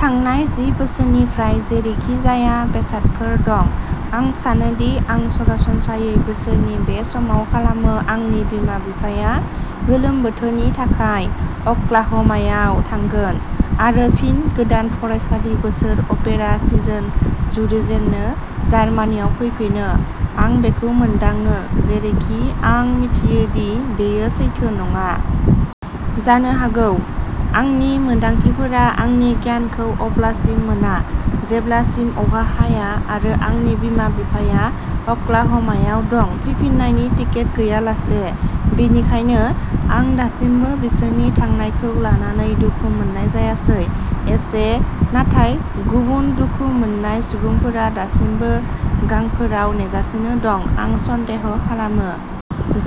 थांनाय जि बोसोरनिफ्राय जेरैखिजाया बेसादफोर दं। आं सानोदि आं सरासनस्रायै बोसोरनि बे समाव खालामो आंनि बिमा-बिफाया गोलोम बोथोरनि थाखाय अक्लाह'मायाव थांगोन आरो फिन गोदान फरायसालि बोसोर अपेरा सिजोन जुरिजेननो जार्मानियाव फैफिनो। आं बेखौ मोनदाङो, जेरैखि आं मिथियो दि बेयो सैथो नङा। जानो हागौ, आंनि मोन्दांथिफोरा आंनि गियानखौ अब्लासिम मोना जेब्लासिम अखा हाया आरो आंनि बिमा-बिफाया अक्लाह'मायाव दं, फैफिननायनि टिकेट गैयालासे। बेनिखायनो, आं दासिमबो बिसोरनि थांखांनायखौ लानानै दुखु मोननाय जायाखै। एसे, नाथाय गुबुन दुखु मोननाय सुबुंफोरा दासिमबो गांफोराव नेगासिनो दं, आं सन्देह खालामो।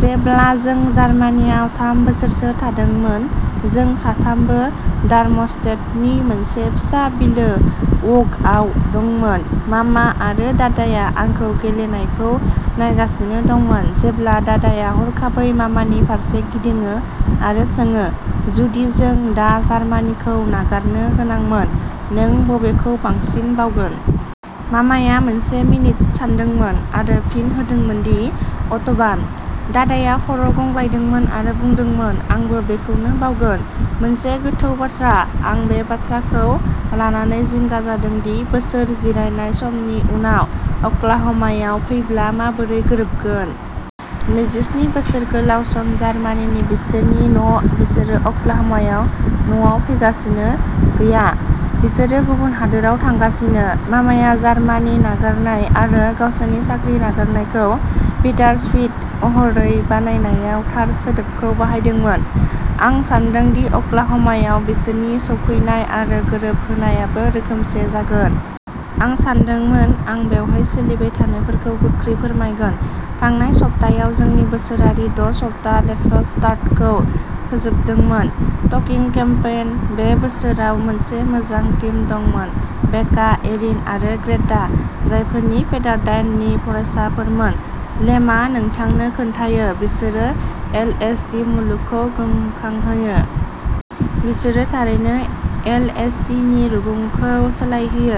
जेब्ला जों जार्मानियाव थाम बोसोरसो थादोंमोन, जों साथामबो डार्मस्टेडनि मोनसे फिसा बिलो, व'गआव दंमोन। मामा आरो दादाया आंखौ गेलेनायखौ नायगासिनो दंमोन, जेब्ला दादाया हरखाबै मामानि फारसे गिदिङो आरो सोङो, जुदि जों दा जार्मानिखौ नागारनो गोनांमोन, नों बबेखौ बांसिन बावगोन? मामाया मोनसे मिनिट सानदोंमोन आरो फिन होदोंमोन दि अट'बान। दादाया खर' गंग्लायदोंमोन आरो बुंदोंमोन, आंबो बेखौनो बावगोन। मोनसे गोथौ बाथ्रा, आं बे बाथ्राखौ लानानै जिंगा जादों दि बिसोर जिरायनाय समनि उनाव अक्लाहमायाव फैब्ला माबोरै गोरोबगोन। नैजिस्नि बोसोरआ गोलाव सम। जार्मानि बिसोरनि न' बिसोरो अक्लाहमायाव न'आव फैगासिनो गैया बिसोरो गुबुन हादोराव थांगासिनो। मामाया जार्मानि नागारनाय आरो गावसोरनि साख्रि नागारनायखौ बिटारस्विट महरै बरनायनायाव थार सोदोबखौ बाहायदोंमोन। आं सान्दों दि अक्लाहमायाव बिसोरनि सफैनाय आरो गोरोबहोनायाबो रोखोमसे जागोन। आं सानदोंमोन आं बेवहाय सोलिबाय थानायफोरखौ गोख्रै फोरमायगोन। थांनाय सप्तायाव, जोंनि बोसोरारि द’ सप्ता लेट्स स्टार्टखौ फोजोबदोंमोन। ट'किं केम्पेइन। बे बोसोराव मोनसे मोजां टिम दंमोन बेका, एरिन आरो ग्रेटा, जायफोरा पेपारडाइननि फरायसाफोरमोन। लेमआ नोंथांनो खोन्थायो, बिसोरो एलएसटी मुलुगखौ गोमखांहोयो। बिसोर थारैनो एलएसटीनि रुगुंखौ सोलायहोयो,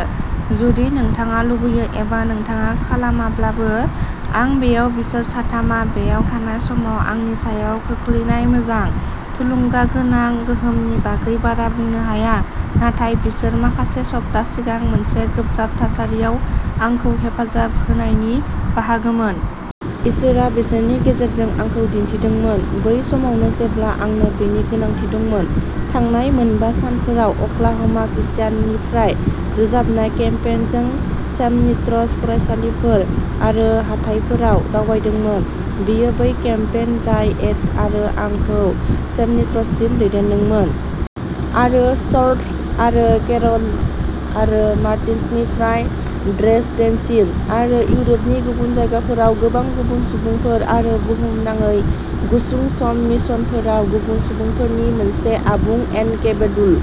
जुदि नोंथाङा लुबैयो एबा नोंथाङा खालामाब्लाबो। आं बेयाव बिसोर साथामआ बेयाव थानाय समाव आंनि सायाव खोख्लैनाय मोजां, थुलुंगागोनां गोहोमनि बागै बारा बुंनो हाया। नाथाय बिसोर माखासे सप्ता सिगां मोनसे गोब्राब थासारियाव आंखौ हेफाजाब होनायनि बाहागोमोन। इसोरआ बिसोरनि गेजेरजों आंखौ दिन्थिदोंमोन, बै समावनो जेब्ला आंनो बेनि गोनांथि दंमोन। थांनाय मोनबा सानफोराव, अक्लाह'मा क्रिस्टियाननिफ्राय रोजाबनाय केम्पेइनजों चेमनिट्ज फरायसालिफोर आरो हाथाइफोराव दावबायदोंमोन। बेयो बै केम्पेइन जाय एड आरो आंखौ चेमनिट्जसिम दैदेनदोंमोन। आरो स्ट'ल्ट्स आरो केर'ल्स आरो मार्टिन्सनिफ्राय ड्रेसडेनसिम। आरो इउरपनि गुबुन जायगाफोराव गोबां गुबुन सुबुंफोर आरो बुहुमनाङै गुसुं सम मिशनफोराव गुबुन सुबुंफोरनि मोनसे आबुंएनकेब'डुल।